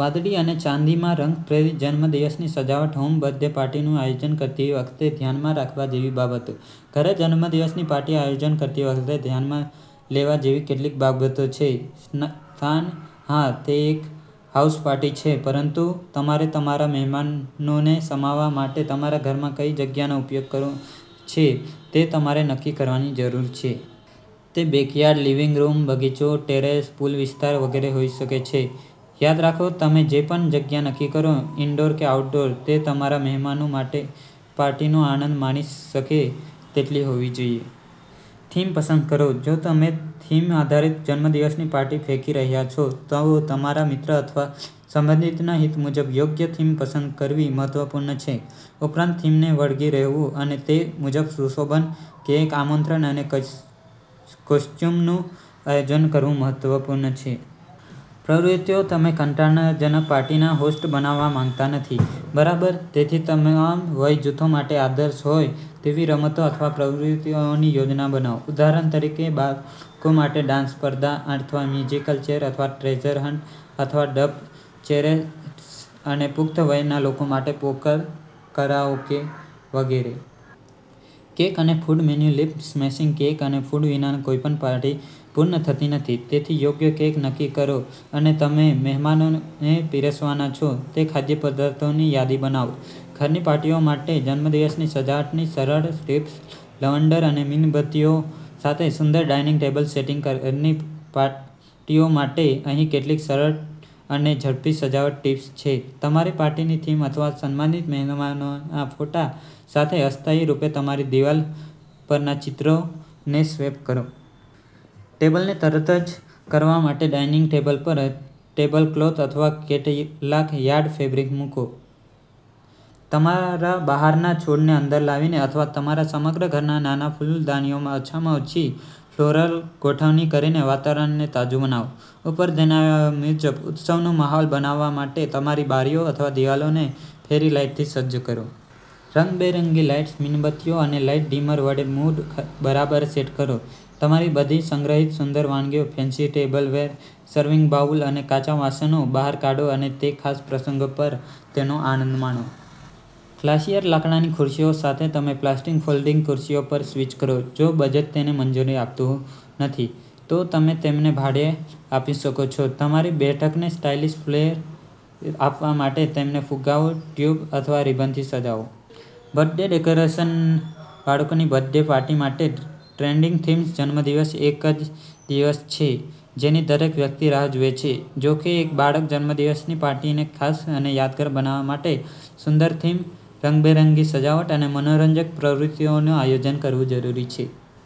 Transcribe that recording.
વાદળી અને ચાંદીમાં રંગ-પ્રેરિત જન્મદિવસની સજાવટ હોમ બર્થડે પાર્ટીનું આયોજન કરતી વખતે ધ્યાનમાં રાખવા જેવી બાબતો ઘરે જન્મદિવસની પાર્ટીનું આયોજન કરતી વખતે ધ્યાનમાં લેવા જેવી કેટલીક બાબતો છે સ્થાન હા, તે એક હાઉસ પાર્ટી છે પરંતુ તમારે તમારા મહેમાનોને સમાવવા માટે તમારા ઘરમાં કઈ જગ્યાનો ઉપયોગ કરવો છે તે તમારે નક્કી કરવાની જરૂર છે. તે બેકયાર્ડ, લિવિંગ રૂમ, બગીચો, ટેરેસ, પૂલ વિસ્તાર વગેરે હોઈ શકે છે. યાદ રાખો, તમે જે પણ જગ્યા નક્કી કરો- ઇન્ડોર કે આઉટડોર, તે તમારા મહેમાનો માટે પાર્ટીનો આનંદ માણી શકે તેટલી મોટી હોવી જોઈએ. થીમ પસંદ કરો જો તમે થીમ આધારિત જન્મદિવસની પાર્ટી ફેંકી રહ્યા છો, તો તમારા મિત્ર અથવા સંબંધીના હિત મુજબ યોગ્ય થીમ પસંદ કરવી મહત્વપૂર્ણ છે. ઉપરાંત, થીમને વળગી રહેવું અને તે મુજબ સુશોભન, કેક, આમંત્રણ અને કોસ્ચ્યુમનું આયોજન કરવું મહત્વપૂર્ણ છે. પ્રવૃત્તિઓ તમે કંટાળાજનક પાર્ટીના હોસ્ટ બનવા માંગતા નથી, બરાબર? તેથી, તમામ વય જૂથો માટે આદર્શ હોય તેવી રમતો અથવા પ્રવૃત્તિઓની યોજના બનાવો. ઉદાહરણ તરીકે, બાળકો માટે ડાન્સ સ્પર્ધા અથવા મ્યુઝિકલ ચેર અથવા ટ્રેઝર હન્ટ અથવા ડમ્બ ચૅરેડ્સ અને પુખ્ત વયના લોકો માટે પોકર, કરાઓકે વગેરે. કેક અને ફૂડ મેનૂ લિપ-સ્મેશિંગ કેક અને ફૂડ વિના કોઈપણ પાર્ટી પૂર્ણ થતી નથી. તેથી, યોગ્ય કેક નક્કી કરો અને તમે મહેમાનોને પીરસવાના છો તે ખાદ્યપદાર્થોની યાદી બનાવો. ઘરની પાર્ટીઓ માટે જન્મદિવસની સજાવટની સરળ ટિપ્સ લવંડર અને મીણબત્તીઓ સાથે સુંદર ડાઇનિંગ ટેબલ સેટિંગ ઘરની પાર્ટીઓ માટે અહીં કેટલીક સરળ અને ઝડપી સજાવટ ટિપ્સ છે તમારી પાર્ટીની થીમ અથવા સન્માનિત મહેમાનોના ફોટા સાથે અસ્થાયી રૂપે તમારી દિવાલ પરના ચિત્રોને સ્વેપ કરો. ટેબલને તરતતેજ કરવા માટે ડાઇનિંગ ટેબલ પર ટેબલક્લોથ અથવા કેટલાક યાર્ડ ફેબ્રિક મૂકો. તમારા બહારના છોડને અંદર લાવીને અથવા તમારા સમગ્ર ઘરમાં નાના ફૂલદાનીઓમાં ઓછામાં ઓછી ફ્લોરલ ગોઠવણી કરીને વાતાવરણને તાજું બનાવો. ઉપર જણાવ્યા મુજબ, ઉત્સવનો માહોલ બનાવવા માટે તમારી બારીઓ અથવા દિવાલોને ફેરી લાઇટથી સજ્જ કરો. રંગબેરંગી લાઇટ્સ, મીણબત્તીઓ અને લાઇટ ડિમર વડે મૂડ બરાબર સેટ કરો. તમારી બધી સંગ્રહિત સુંદર વાનગીઓ, ફેન્સી ટેબલવેર, સર્વિંગ બાઉલ અને કાચનાં વાસણો બહાર કાઢો અને તે ખાસ પ્રસંગો પર તેનો આનંદ માણો. ક્લાસિયર લાકડાની ખુરશીઓ સાથે તમારી પ્લાસ્ટિક ફોલ્ડિંગ ખુરશીઓ પર સ્વિચ કરો. જો બજેટ તેને મંજૂરી આપતું નથી, તો તમે તેમને ભાડે આપી શકો છો. તમારી બેઠકને સ્ટાઇલિશ ફ્લેર આપવા માટે તેમને ફુગ્ગાઓ, ટ્યૂલ અથવા રિબનથી સજાવો. બર્થડે ડેકોરેશન બાળકોની બર્થડે પાર્ટી માટે ટ્રેન્ડિંગ થીમ્સ જન્મદિવસ એક દિવસ છે જેની દરેક વ્યક્તિ રાહ જુએ છે. જો કે, એક બાળક જન્મદિવસની પાર્ટીને ખાસ અને યાદગાર બનાવવા માટે સુંદર થીમ, રંગબેરંગી સજાવટ અને મનોરંજક પ્રવૃત્તિઓનું આયોજન કરવું જરૂરી છે.